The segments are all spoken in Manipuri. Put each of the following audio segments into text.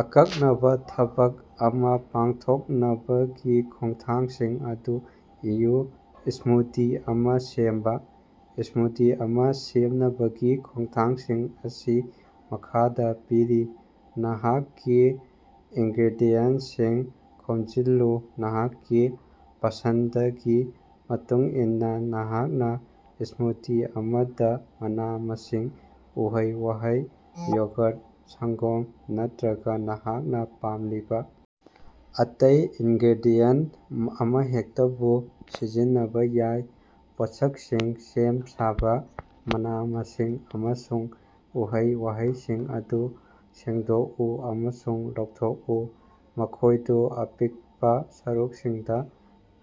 ꯑꯀꯛꯅꯕ ꯊꯕꯛ ꯑꯃ ꯄꯥꯡꯊꯣꯛꯅꯕꯒꯤ ꯈꯣꯡꯊꯥꯡꯁꯤꯡ ꯑꯗꯨ ꯏꯌꯨ꯫ ꯁ꯭ꯃꯨꯗꯤ ꯑꯃ ꯁꯦꯝꯕ꯫ ꯁ꯭ꯃꯨꯗꯤ ꯑꯃ ꯁꯦꯝꯅꯕꯒꯤ ꯈꯣꯡꯊꯥꯡꯁꯤꯡ ꯑꯁꯤ ꯃꯈꯥꯗꯥ ꯄꯤꯔꯤ: ꯅꯍꯥꯛꯀꯤ ꯏꯟꯒ꯭ꯔꯦꯗꯤꯌꯦꯟꯇꯁꯤꯡ ꯈꯣꯝꯖꯤꯜꯂꯨ: ꯅꯍꯥꯛꯀꯤ ꯄꯁꯟꯗꯒꯤ ꯃꯇꯨꯡꯏꯟꯅ, ꯅꯍꯥꯛꯅ ꯁ꯭ꯃꯨꯗꯤ ꯑꯃꯗ ꯃꯅꯥ-ꯃꯁꯤꯡ, ꯎꯍꯩ-ꯋꯥꯍꯩ, ꯌꯣꯒꯔ, ꯁꯪꯒꯣꯝ ꯅꯠꯇꯔꯒꯥ ꯅꯍꯥꯛꯅ ꯄꯥꯝꯂꯤꯕ ꯑꯇꯩ ꯏꯟꯒ꯭ꯔꯦꯗꯤꯌꯦꯟꯇ ꯑꯃꯍꯦꯛꯇꯕꯨ ꯁꯤꯖꯤꯟꯅꯕꯥ ꯌꯥꯏ꯫ ꯄꯣꯠꯁꯛꯁꯤꯡ ꯁꯦꯝ-ꯁꯥꯕꯥ: ꯃꯅꯥ-ꯃꯁꯤꯡ ꯑꯃꯁꯨꯡ ꯎꯍꯩ-ꯋꯥꯍꯩꯁꯤꯡ ꯑꯗꯨ ꯁꯦꯡꯗꯣꯛꯎ ꯑꯃꯁꯨꯡ ꯂꯧꯊꯣꯛꯎ꯫ ꯃꯈꯣꯏꯗꯨ ꯑꯄꯤꯛꯄꯥ ꯁꯔꯨꯛꯁꯤꯡꯗ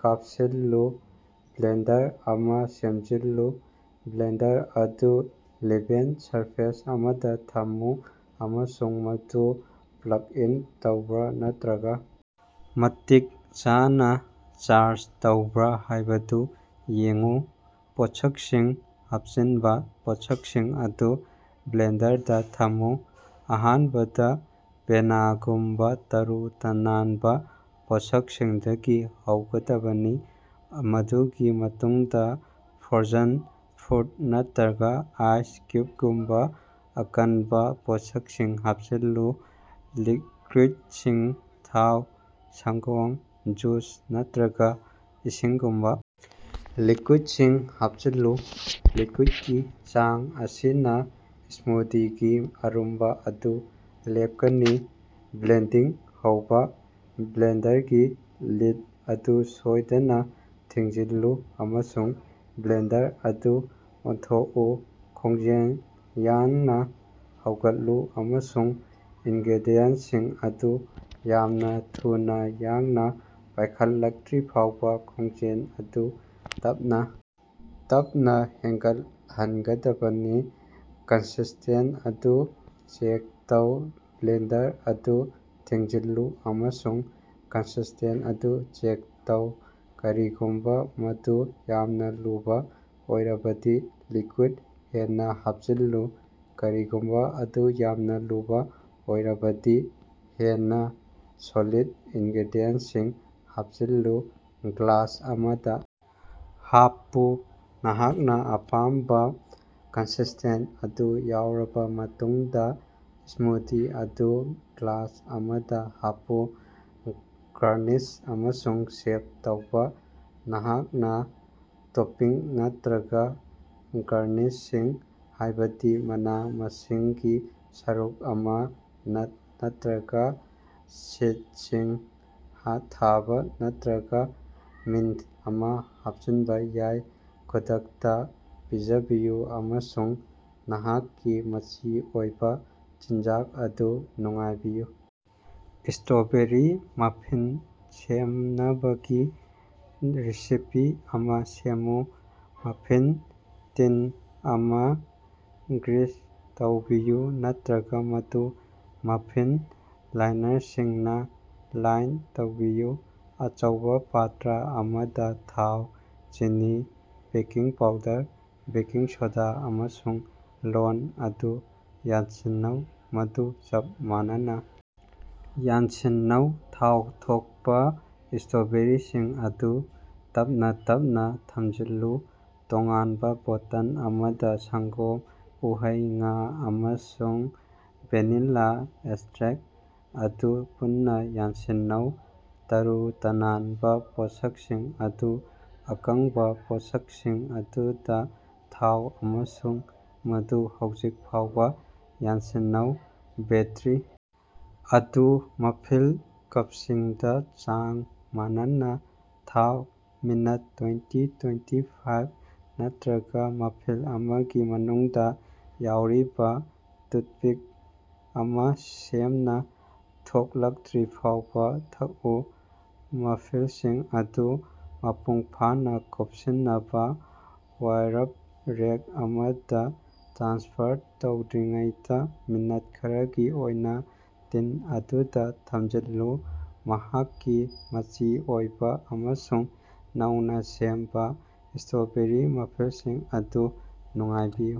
ꯀꯥꯞꯁꯤꯜꯂꯨ꯫ ꯕ꯭ꯂꯦꯟꯗꯔ ꯑꯃ ꯁꯦꯝꯖꯤꯜꯂꯨ: ꯕ꯭ꯂꯦꯟꯗꯔ ꯑꯗꯨ ꯂꯦꯚꯦꯜ ꯁꯔꯐꯦꯁ ꯑꯃꯗ ꯊꯝꯃꯨ ꯑꯃꯁꯨꯡ ꯃꯗꯨ ꯄ꯭ꯂꯒ ꯏꯟ ꯇꯧꯕ꯭ꯔꯥ ꯅꯠꯇꯔꯒ ꯃꯇꯤꯛ ꯆꯥꯅ ꯆꯥꯔꯖ ꯇꯧꯕ꯭ꯔꯥ ꯍꯥꯏꯕꯗꯨ ꯌꯦꯡꯎ꯫ ꯄꯣꯠꯁꯛꯁꯤꯡ ꯍꯥꯄꯆꯤꯟꯕ: ꯄꯣꯠꯁꯛꯁꯤꯡ ꯑꯗꯨ ꯕ꯭ꯂꯦꯟꯗꯔꯗ ꯊꯝꯃꯨ꯫ ꯑꯍꯥꯟꯕꯗ ꯕꯦꯅꯥꯒꯨꯝꯕ ꯇꯔꯨ-ꯇꯅꯥꯟꯕ ꯄꯣꯠꯁꯛꯁꯤꯡꯗꯒꯤ ꯍꯧꯒꯗꯕꯅꯤ, ꯃꯗꯨꯒꯤ ꯃꯇꯨꯡꯗꯥ ꯐ꯭ꯔꯣꯖꯟ ꯐ꯭ꯔꯨꯠ ꯅꯠꯇꯔꯒꯥ ꯑꯥꯏꯁ ꯀ꯭ꯌꯨꯕꯒꯨꯝꯕ ꯑꯀꯟꯕ ꯄꯣꯠꯁꯛꯁꯤꯡ ꯍꯥꯞꯆꯤꯜꯂꯨ꯫ ꯂꯤꯛꯌꯨꯏꯗꯁꯤꯡ ꯊꯥꯎ: ꯁꯪꯒꯣꯝ, ꯖꯨꯁ ꯅꯠꯇꯔꯒꯥ ꯏꯁꯤꯡꯒꯨꯝꯕ ꯂꯤꯀ꯭ꯌꯨꯏꯗꯁꯤꯡ ꯍꯥꯞꯆꯤꯜꯂꯨ꯫ ꯂꯤꯀ꯭ꯌꯨꯏꯗꯀꯤ ꯆꯥꯡ ꯑꯁꯤꯅ ꯁ꯭ꯃꯨꯗꯤꯒꯤ ꯑꯔꯨꯝꯕ ꯑꯗꯨ ꯂꯦꯞꯀꯅꯤ꯫ ꯕ꯭ꯂꯦꯟꯗꯤꯡ ꯍꯧꯕ: ꯕ꯭ꯂꯦꯟꯗꯔꯒꯤ ꯂꯤꯗ ꯑꯗꯨ ꯁꯣꯏꯗꯅ ꯊꯤꯡꯖꯤꯜꯂꯨ, ꯑꯃꯁꯨꯡ ꯕ꯭ꯂꯦꯟꯗꯔ ꯑꯗꯨ ꯑꯣꯟꯊꯣꯛꯎ꯫ ꯈꯣꯡꯖꯦꯜ ꯌꯥꯡꯅ ꯍꯧꯒꯠꯂꯨ ꯑꯃꯁꯨꯡ ꯏꯟꯒ꯭ꯔꯦꯗꯤꯌꯦꯟꯇꯁꯤꯡ ꯑꯗꯨ ꯌꯥꯝꯅ ꯊꯨꯅ ꯌꯥꯡꯅ ꯄꯥꯏꯈꯠꯂꯛꯇꯔꯤꯐꯥꯎꯕ ꯈꯣꯡꯖꯦꯜ ꯑꯗꯨ ꯇꯞꯅꯥ ꯇꯞꯅꯥ ꯍꯦꯟꯒꯠꯍꯟꯒꯗꯕꯅꯤ꯫ ꯀꯟꯁꯤꯁꯇꯦꯟꯁ ꯑꯗꯨ ꯆꯦꯛ ꯇꯧ: ꯕ꯭ꯂꯦꯟꯗꯔ ꯑꯗꯨ ꯊꯤꯡꯖꯤꯜꯂꯨ ꯑꯃꯁꯨꯡ ꯀꯟꯁꯤꯁꯇꯦꯟꯁ ꯑꯗꯨ ꯆꯦꯛ ꯇꯧ꯫ ꯀꯔꯤꯒꯨꯝꯕ ꯃꯗꯨ ꯌꯥꯝꯅ ꯂꯨꯕ ꯑꯣꯏꯔꯕꯗꯤ, ꯂꯤꯀ꯭ꯌꯨꯏꯗ ꯍꯦꯟꯅ ꯍꯥꯞꯆꯤꯜꯂꯨ; ꯀꯔꯤꯒꯨꯝꯕ ꯃꯗꯨ ꯌꯥꯝꯅ ꯂꯨꯕꯥ ꯑꯣꯏꯔꯕꯗꯤ, ꯍꯦꯟꯅ ꯁꯣꯂꯤꯗ ꯏꯟꯒ꯭ꯔꯦꯗꯤꯌꯦꯟꯇꯁꯤꯡ ꯍꯥꯞꯆꯤꯜꯂꯨ꯫ ꯒ꯭ꯂꯥꯁ ꯑꯃꯗ ꯍꯥꯞꯄꯨ: ꯅꯍꯥꯛꯅ ꯑꯄꯥꯝꯕ ꯀꯟꯁꯤꯁꯇꯦꯟꯁ ꯑꯗꯨ ꯌꯧꯔꯕ ꯃꯇꯨꯡꯗ, ꯁ꯭ꯃꯨꯗꯤ ꯑꯗꯨ ꯒ꯭ꯂꯥꯁ ꯑꯃꯗ ꯍꯥꯞꯄꯨ꯫ ꯒꯥꯔꯅꯤꯁ ꯑꯃꯁꯨꯡ ꯁꯦꯚ ꯇꯧꯕ: ꯅꯍꯥꯛꯅ ꯇꯣꯄꯤꯡ ꯅꯠꯇꯔꯒꯥ ꯒꯥꯔꯅꯤꯁꯁꯤꯡ ꯍꯥꯏꯕꯗꯤ ꯃꯅꯥ-ꯃꯁꯤꯡꯒꯤ ꯁꯔꯨꯛ ꯑꯃꯥ, ꯅꯠ ꯅꯠꯇꯔꯒ ꯁꯤꯗꯁꯤꯡ ꯊꯥꯕ ꯅꯠꯇꯔꯒꯥ ꯃꯤꯟꯇ ꯑꯃ ꯍꯥꯞꯆꯤꯟꯕ ꯌꯥꯏ꯫ ꯈꯨꯗꯛꯇꯥ ꯄꯤꯖꯕꯤꯌꯨ ꯑꯃꯁꯨꯡ ꯅꯍꯥꯛꯀꯤ ꯃꯆꯤ ꯑꯣꯏꯕ ꯆꯤꯟꯖꯥꯛ ꯑꯗꯨ ꯅꯨꯡꯉꯥꯏꯕꯤꯌꯨ! ꯁ꯭ꯇꯔꯣꯕꯦꯔꯤ ꯃꯐꯤꯟ ꯁꯦꯝꯅꯕꯒꯤ ꯔꯦꯁꯤꯄꯤ ꯑꯃ ꯁꯦꯝꯃꯨ꯫ ꯃꯐꯤꯟ ꯇꯤꯟ ꯑꯃ ꯒ꯭ꯔꯤꯁ ꯇꯧꯕꯤꯌꯨ ꯅꯠꯇꯔꯒ ꯃꯗꯨ ꯃꯐꯤꯟ ꯂꯥꯏꯅꯔꯁꯤꯡꯅ ꯂꯥꯏꯟ ꯇꯧꯕꯤꯌꯨ꯫ ꯑꯆꯧꯕ ꯄꯇꯔ ꯑꯃꯗ, ꯊꯥꯎ, ꯆꯤꯅꯤ, ꯕꯦꯀꯤꯡ ꯄꯥꯎꯗꯔ, ꯕꯦꯀꯤꯡ ꯁꯣꯗꯥ ꯑꯃꯁꯨꯡ ꯂꯣꯟ ꯑꯗꯨ ꯌꯥꯟꯁꯤꯟꯅꯧ, ꯃꯗꯨ ꯆꯞ ꯃꯥꯟꯅꯅ ꯌꯥꯟꯁꯤꯟꯅꯧ꯫ ꯊꯥꯎ ꯊꯣꯛꯄꯥ ꯁ꯭ꯇꯔꯣꯕꯦꯔꯤꯁꯤꯡ ꯑꯗꯨ ꯇꯞꯅ ꯇꯞꯅ ꯊꯝꯖꯤꯜꯂꯨ꯫ ꯇꯣꯉꯥꯟꯕ ꯕꯣꯇꯜ ꯑꯃꯗ ꯁꯪꯒꯣꯝ, ꯎꯍꯩ, ꯉꯥ, ꯑꯃꯁꯨꯡ ꯚꯦꯅꯤꯂ ꯑꯦꯛꯁꯇꯔꯦꯛꯇ ꯑꯗꯨ ꯄꯨꯟꯅ ꯌꯥꯟꯁꯤꯟꯅꯧ꯫ ꯇꯔꯨ-ꯇꯅꯥꯟꯕ ꯄꯣꯠꯁꯛꯁꯤꯡ ꯑꯗꯨ ꯑꯀꯪꯕ ꯄꯣꯠꯁꯛꯁꯤꯡ ꯑꯗꯨꯗ ꯊꯥꯎ ꯑꯃꯁꯨꯡ ꯃꯗꯨ ꯍꯧꯖꯤꯛ ꯐꯥꯎꯕꯥ ꯌꯥꯟꯁꯤꯟꯅꯧ꯫ ꯕꯦꯇꯔꯤ ꯑꯗꯨ ꯃꯐꯤꯟ ꯀꯄꯁꯤꯡꯗꯥ ꯆꯥꯡ ꯃꯥꯟꯅꯅꯥ ꯊꯥꯎ꯫ ꯃꯤꯅꯠ ꯇ꯭ꯋꯦꯟꯇꯤ-ꯇ꯭ꯋꯦꯟꯇꯤ ꯐꯥꯏꯚ ꯅꯠꯇꯔꯒꯥ ꯃꯐꯤꯟ ꯑꯃꯒꯤ ꯃꯅꯨꯡꯗꯥ ꯌꯥꯎꯔꯤꯕ ꯇꯨꯊꯄꯤꯛ ꯑꯃ ꯁꯦꯡꯅꯥ ꯊꯣꯛꯂꯛꯇꯔꯤꯕꯐꯥꯎꯕꯥ ꯊꯛꯎ꯫ ꯃꯐꯤꯁꯤꯡ ꯑꯗꯨ ꯃꯄꯨꯡꯐꯥꯅ ꯀꯨꯞꯁꯤꯟꯅꯕ ꯋꯥꯏꯔꯞ ꯔꯦꯛ ꯑꯃꯗ ꯇ꯭ꯔꯥꯟꯁꯐꯔ ꯇꯧꯗ꯭ꯔꯤꯉꯩꯗꯥ ꯃꯤꯅꯠ ꯈꯔꯒꯤ ꯑꯣꯏꯅ ꯇꯤꯟ ꯑꯗꯨꯗ ꯊꯝꯖꯤꯜꯂꯨ꯫ ꯅꯍꯥꯛꯀꯤ ꯃꯆꯤ ꯑꯣꯏꯕ ꯑꯃꯁꯨꯡ ꯅꯧꯅ ꯁꯦꯝꯕ ꯁ꯭ꯇꯔꯣꯕꯦꯔꯤ ꯃꯐꯤꯁꯤꯡ ꯑꯗꯨ ꯅꯨꯡꯉꯥꯏꯕꯤꯌꯨ!